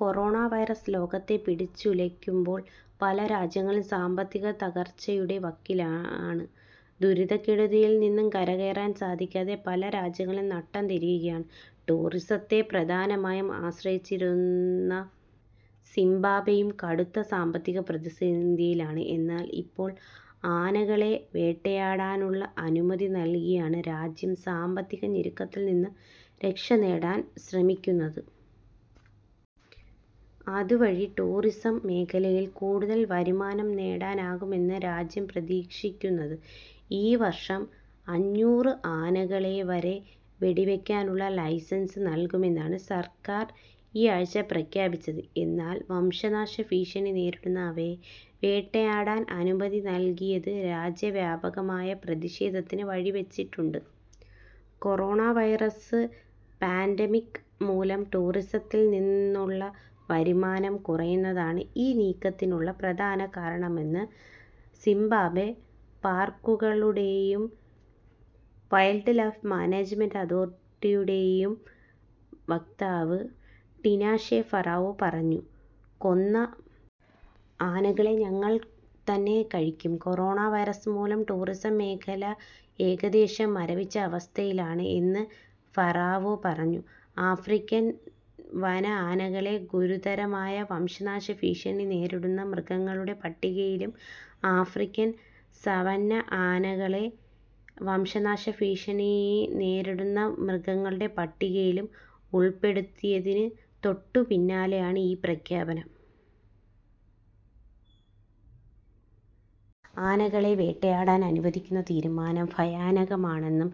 Corona virus ലോകത്തെ പിടിച്ചുലക്കുമ്പോൾ പല രാജ്യങ്ങളും സാമ്പത്തിക തകർച്ചയുടെ വക്കിലാണ്. ദുരിതക്കെടുതിയിൽ നിന്ന് കരകയറാൻ സാധിക്കാതെ പല രാജ്യങ്ങളും നട്ടംതിരിയുകയാണ്. ടൂറിസത്തെ പ്രധാനമായും ആശ്രയിച്ചിരുന്ന സിംബാബ്വെയും കടുത്ത സാമ്പത്തിക പ്രതിസന്ധിയിലാണ്. എന്നാൽ, ഇപ്പോൾ ആനകളെ വേട്ടയാടാനുള്ള അനുമതി നൽകിയാണ് രാജ്യം സാമ്പത്തിക ഞെരുക്കത്തിൽ നിന്ന് രക്ഷനേടാൻ ശ്രമിക്കുന്നത്. അതുവഴി ടൂറിസം മേഖലയിൽ കൂടുതൽ വരുമാനം നേടാനാകുമെന്നാണ് രാജ്യം പ്രതീക്ഷിക്കുന്നത്.ഈ വർഷം അഞ്ഞൂറ് ആനകളെ വരെ വെടിവയ്ക്കാനുള്ള ലൈസൻസ് നൽകുമെന്നാണ് സർക്കാർ ഈ ആഴ്ച പ്രഖ്യാപിച്ചത്. എന്നാൽ, വംശനാശഭീഷണി നേരിടുന്ന അവയെ വേട്ടയാടാൻ അനുമതി നൽകിയത് രാജ്യവ്യാപകമായ പ്രതിഷേധത്തിന് വഴിവച്ചിട്ടുണ്ട്. കൊറോണ വൈറസ് പാൻഡെമിക് മൂലം ടൂറിസത്തിൽ നിന്നുള്ള വരുമാനം കുറയുന്നതാണ് ഈ നീക്കത്തിനുള്ള പ്രധാന കാരണമെന്ന് സിംബാബ്വെ പാർക്കുകളുടെയും വൈൽഡ്‌ലൈഫ് മാനേജ്മെന്റ് അതോറിറ്റിയുടെയും വക്താവ് ടിനാഷെ ഫറാവോ പറഞ്ഞു. കൊന്ന ആനകളെ ഞങ്ങൾ തന്നെ കഴിക്കും. കൊറോണ വൈറസ് മൂലം ടൂറിസം മേഖല ഏകദേശം മരവിച്ച അവസ്ഥയിലാണ് എന്ന് ഫറാവോ പറഞ്ഞു. ആഫ്രിക്കൻ വന ആനകളെ ഗുരുതരമായ വംശനാശഭീഷണി നേരിടുന്ന മൃഗങ്ങളുടെ പട്ടികയിലും ആഫ്രിക്കൻ സവന്ന ആനകളെ വംശനാശഭീഷണി നേരിടുന്ന മൃഗങ്ങളുടെ പട്ടികയിലും ഉൾപ്പെടുത്തിയതിന് തൊട്ടുപിന്നാലെയാണ് ഈ പ്രഖ്യാപനം. ആനകളെ വേട്ടയാടാൻ അനുവദിക്കുന്ന തീരുമാനം ഭയാനകമാണെന്ന്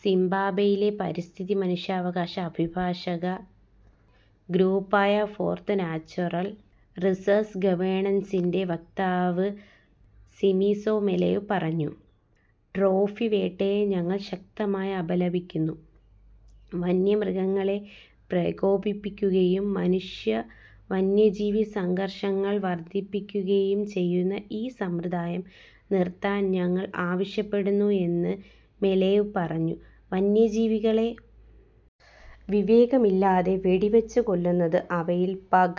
സിംബാബ്വെയിലെ പരിസ്ഥിതി മനുഷ്യാവകാശ അഭിഭാഷക ഗ്രൂപ്പായ ഫോർത്ത് നാച്ചുറൽ റിസോഴ്സ് ഗവേണൻസിന്റെ വക്താവ് സിമിസോ മെലേവ് പറഞ്ഞു. ട്രോഫി വേട്ടയെ ഞങ്ങൾ ശക്തമായി അപലപിക്കുന്നു. വന്യമൃഗങ്ങളെ പ്രകോപിപ്പിക്കുകയും മനുഷ്യ വന്യജീവി സംഘർഷങ്ങൾ വർധിപ്പിക്കുകയും ചെയ്യുന്ന ഈ സമ്പ്രദായം നിർത്താൻ ഞങ്ങൾ ആവശ്യപ്പെടുന്നു എന്ന് മെലേവ് പറഞ്ഞു. വന്യജീവികളെ വിവേകമില്ലാതെ വെടിവച്ചുകൊല്ലുന്നത് അവയിൽ പക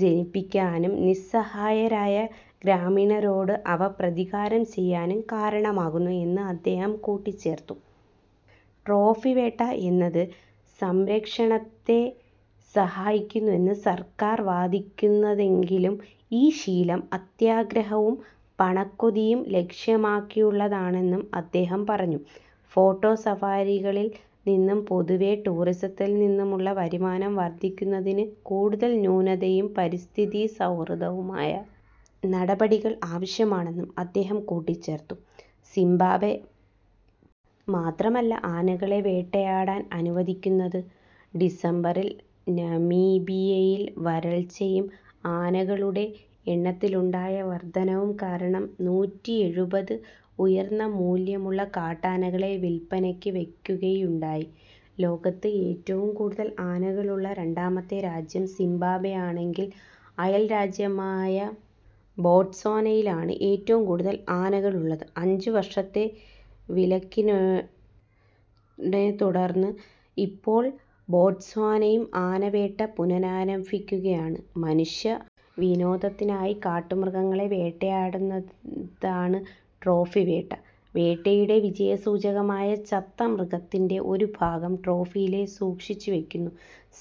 ജനിപ്പിക്കാനും നിസ്സഹായരായ ഗ്രാമീണരോട് അവ പ്രതികാരം ചെയ്യാനും കാരണമാകുന്നു എന്ന് അദ്ദേഹം കൂട്ടിച്ചേർത്തു. ട്രോഫി വേട്ട എന്നത് സംരക്ഷണത്തെ സഹായിക്കുന്നുവെന്ന് സർക്കാർ വാദിക്കുന്നതെങ്കിലും ഈ ശീലം അത്യാഗ്രഹവും പണക്കൊതിയും ലക്ഷ്യമാക്കിയുള്ളതാണെന്നും അദ്ദേഹം പറഞ്ഞു. ഫോട്ടോ സഫാരികളിൽ നിന്നും പൊതുവേ ടൂറിസത്തിൽ നിന്നുമുള്ള വരുമാനം വർധിക്കുന്നതിന് കൂടുതൽ നൂതനവും പരിസ്ഥിതി സൗഹൃദവുമായ നടപടികൾ ആവശ്യമാണെന്നും അദ്ദേഹം കൂട്ടിച്ചേർത്തു. സിംബാബ്വെ മാത്രമല്ല ആനകളെ വേട്ടയാടാൻ അനുവദിക്കുന്നത്. ഡിസംബറിൽ നമീബിയയിൽ വരൾച്ചയും ആനകളുടെ എണ്ണത്തിലുണ്ടായ വർധനവും കാരണം നൂറ്റിയെഴുപത് ഉയർന്ന മൂല്യമുള്ള കാട്ടാനകളെ വിൽപ്പനയ്ക്ക് വയ്ക്കുകയുണ്ടായി. ലോകത്ത് ഏറ്റവും കൂടുതൽ ആനകളുള്ള രണ്ടാമത്തെ രാജ്യം സിംബാബ്വെയാണെങ്കിൽ അയൽരാജ്യമായ ബോട്സ്വാനയിലാണ് ഏറ്റവും കൂടുതൽ ആനകളുള്ളത്. അഞ്ചുവർഷത്തെ വിലക്കിനെത്തുടർന്ന് ഇപ്പോൾ ബോട്സ്വാനയും ആന വേട്ട പുനരാരംഭിക്കുകയാണ്. മനുഷ്യ വിനോദത്തിനായി കാട്ടുമൃഗങ്ങളെ വേട്ടയാടുന്നതാണ് ട്രോഫി വേട്ട. വേട്ടയുടെ വിജയസൂചകമായി ചത്ത മൃഗത്തിന്റെ ഒരു ഭാഗം ട്രോഫിപോലെ സൂക്ഷിച്ചുവയ്ക്കുന്നു.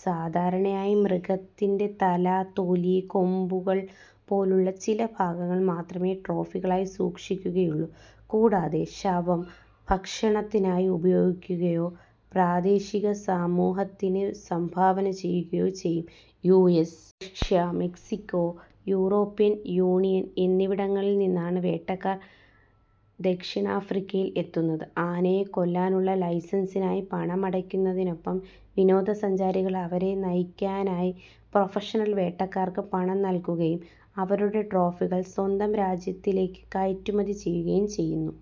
സാധാരണയായി മൃഗത്തിന്റെ തല, തൊലി, കൊമ്പുകൾ പോലുള്ള ചില ഭാഗങ്ങൾ മാത്രമേ ട്രോഫികളായി സൂക്ഷിക്കുകയുള്ളൂ. കൂടാതെ ശവം ഭക്ഷണത്തിനായി ഉപയോഗിക്കുകയോ പ്രാദേശിക സമൂഹത്തിന് സംഭാവന ചെയ്യുകയോ ചെയ്യുന്നു. US, Russia, Mexico, European Union എന്നിവിടങ്ങളിൽ നിന്നാണ് വേട്ടക്കാർ ദക്ഷിണാഫ്രിക്കയിൽ എത്തുന്നത്. ആനയെ കൊല്ലാനുള്ള ലൈസൻസിനായി പണമടയ്ക്കുന്നതിനൊപ്പം വിനോദസഞ്ചാരികൾ അവരെ നയിക്കാനായി പ്രൊഫഷണൽ വേട്ടക്കാർക്ക് പണം നൽകുകയും അവരുടെ ട്രോഫികൾ സ്വന്തം രാജ്യത്തിലേക്ക് കയറ്റുമതി ചെയ്യുകയും ചെയ്യുന്നു.